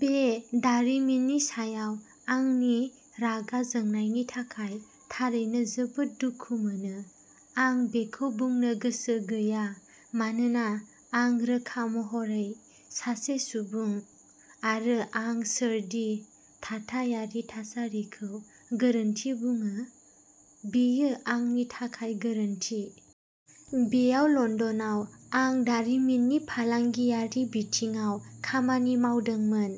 बे दारिमिननि सायाव आंनि रागा जोंनायनि थाखाय थारैनो जोबोद दुखु मोनो। आं बेखौ बुंनो गोसो गैया मानोना आं रोखा महरै सासे सुबुं, आरो आं सोर दि थाथायारि थासारिखौ गोरोन्थि बुङो? बेयो आंनि थाखाय गोरोन्थि। बेयाव लन्दनाव, आं दारिमिननि फालांगियारि बिथिङाव खामानि मावदोंमोन,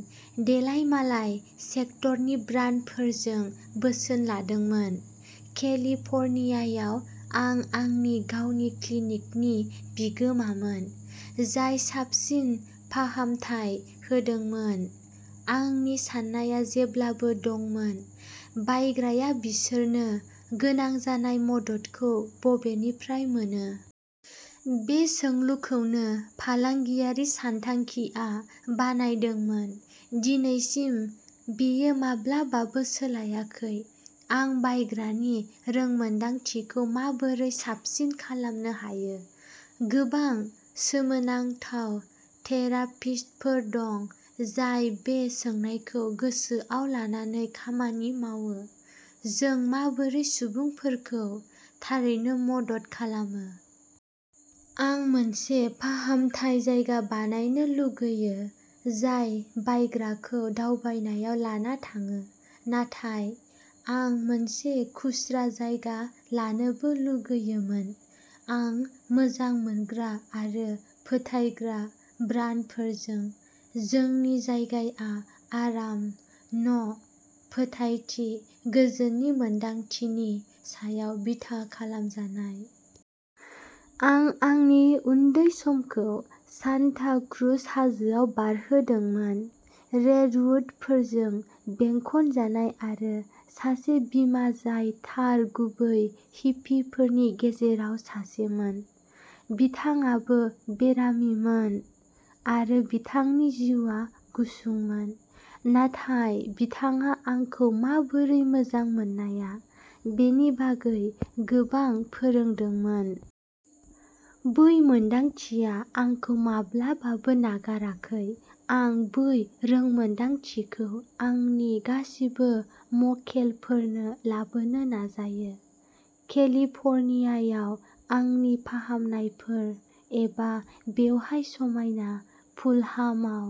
देलायमालाय सेक्टरनि ब्रान्डफोरजों बोसोन लादोंमोन। केलिफर्नियायाव, आं आंनि गावनि क्लिनिकनि बिगोमामोन, जाय साबसिन फाहामथाय होदोंमोन। आंनि साननाया जेब्लाबो दंमोन, बायग्राया बिसोरनो गोनां जानाय मददखौ बबेनिफ्राय मोनो? बे सोंलुखौनो फालांगियारि सानथांखिआ बानायदोंमोन। दिनैसिम, बेयो माब्लाबाबो सोलायाखै। आं बायग्रानि रोंमोनदांथिखौ माबोरै साबसिन खालामनो हायो? गोबां सोमोनांथाव थेरापिस्टफोर दं, जाय बे सोंनायखौ गोसोआव लानानै खामानि मावो। जों माबोरै सुबुंफोरखौ थारैनो मदद खालामो। आं मोनसे फाहामथाय जायगा बानायनो लुगैयो जाय बायग्राखौ दावबायनायाव लाना थाङो, नाथाय आं मोनसे खुस्रा जायगा लानोबो लुगैयोमोन। आं मोजां मोनग्रा आरो फोथायग्रा ब्रान्डफोरजों। जोंनि जायगाया आराम, न', फोथायथि, गोजोननि मोन्दांथिनि सायाव बिथा खालामजानाय। आं आंनि उन्दै समखौ सान्टा क्रुज हाजोआव बारहोदोंमोन, रेडवुडफोरजों बेंखनजानाय आरो सासे बिमा जाय थार गुबै हिप्पिफोरनि गेजेराव सासेमोन। बिथाङाबो बेरामिमोन, आरो बिथांनि जिउआ गुसुंमोन, नाथाय बिथाङा आंखौ माबोरै मोजां मोननाया बेनि बागै गोबां फोरोंदोंमोन। बै मोन्दांथिया आंखौ माब्लाबाबो नागाराखै। आं बै रोंमोनदांथिखौ आंनि गासिबो मक्केलफोरनो लाबोनो नाजायो, केलिफर्नियायाव आंनि फाहामनायफोर, एबा बेवहाय समायना फुलहामाव।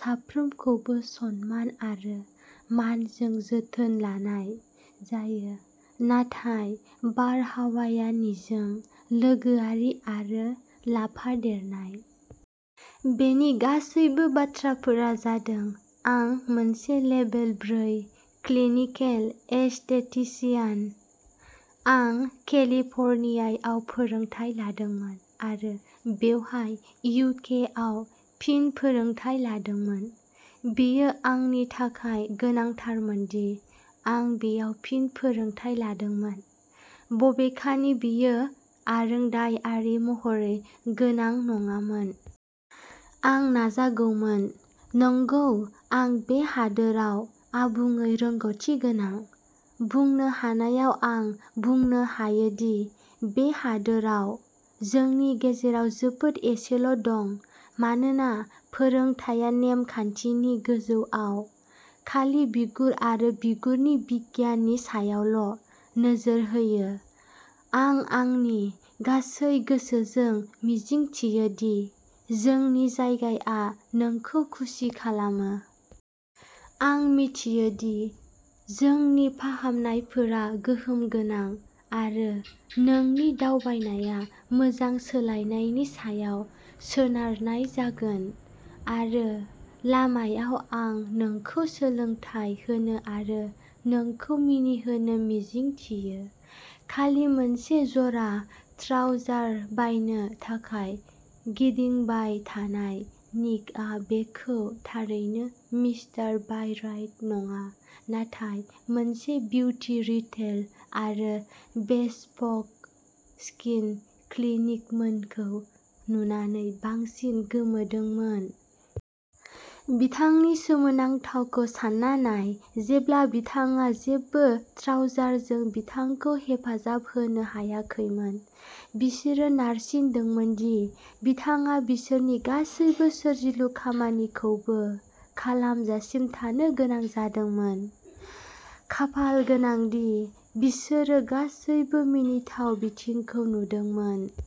साफ्रोमखौबो सनमान आरो मानजों जोथोन लानाय जायो, नाथाय बारहावाया निजोम, लोगोआरि, आरो लाफादेरनाय। बेनि गासैबो बाथ्राफोरा जादों आं मोनसे लेभेल ब्रै क्लिनिकेल एस्थेटिसियान। आं केलिफर्नियायाव फोरोंथाय लादोंमोन, आरो बेवहाय इउ. के. आव फिन फोरोंथाय लादोंमोन। बेयो आंनि थाखाय गोनांथारमोनदि आं बेयाव फिन फोरोंथाय लादोंमोन, बबेखानि बेयो आरोंदायारि महरै गोनां नङामोन। आं नाजागौमोन। "नंगौ, आं बे हादोराव आबुङै रोंग'थिगोनां।" बुंनो हानायाव आं बुंनो हायोदि बे हादोराव जोंनि गेजेराव जोबोद एसेल' दं, मानोना फोरोंथाया नेमखान्थिनि गोजौआव, खालि बिगुर आरो बिगुरनि बिगियाननि सायावल' नोजोर होयो। आं आंनि गासै गोसोजों मिजिंथियो, दि जोंनि जायगाया नोंखौ खुसि खालामो। आं मिथियो दि जोंनि फाहामनायफोरा गोहोम गोनां, आरो नोंनि दावबायनाया मोजां सोलायनायनि सायाव सोनारनाय जागोन, आरो लामायाव, आं नोंखौ सोलोंथाय होनो आरो नोंखौ मिनिहोनो मिजिंथियो। खालि मोनसे जरा ट्राउजार बायनो थाखाय गिदिंबाय थानाय, निकआ बेखौ थारैनो मिस्टार बायराइट नङा नाथाय मोनसे बिउटि रिटेल आरो बेस्पक स्किन क्लिनिकमोनखौ नुनानै बांसिन गोमोदोंमोन। बिथांनि सोमोनांथावखौ सानना नाय जेब्ला बिथाङा जेबो ट्राउजारजों बिथांखौ हेफाजाब होनो हायाखैमोन, बिसोरो नारसिनदोंमोन दि बिथाङा बिसोरनि गासैबो सोरजिलु खामानिखौबो खालामजासिम थानो गोनां जादोंमोन। खाफाल गोनां दि बिसोरो गासैबो मिनिथाव बिथिंखौ नुदोंमोन।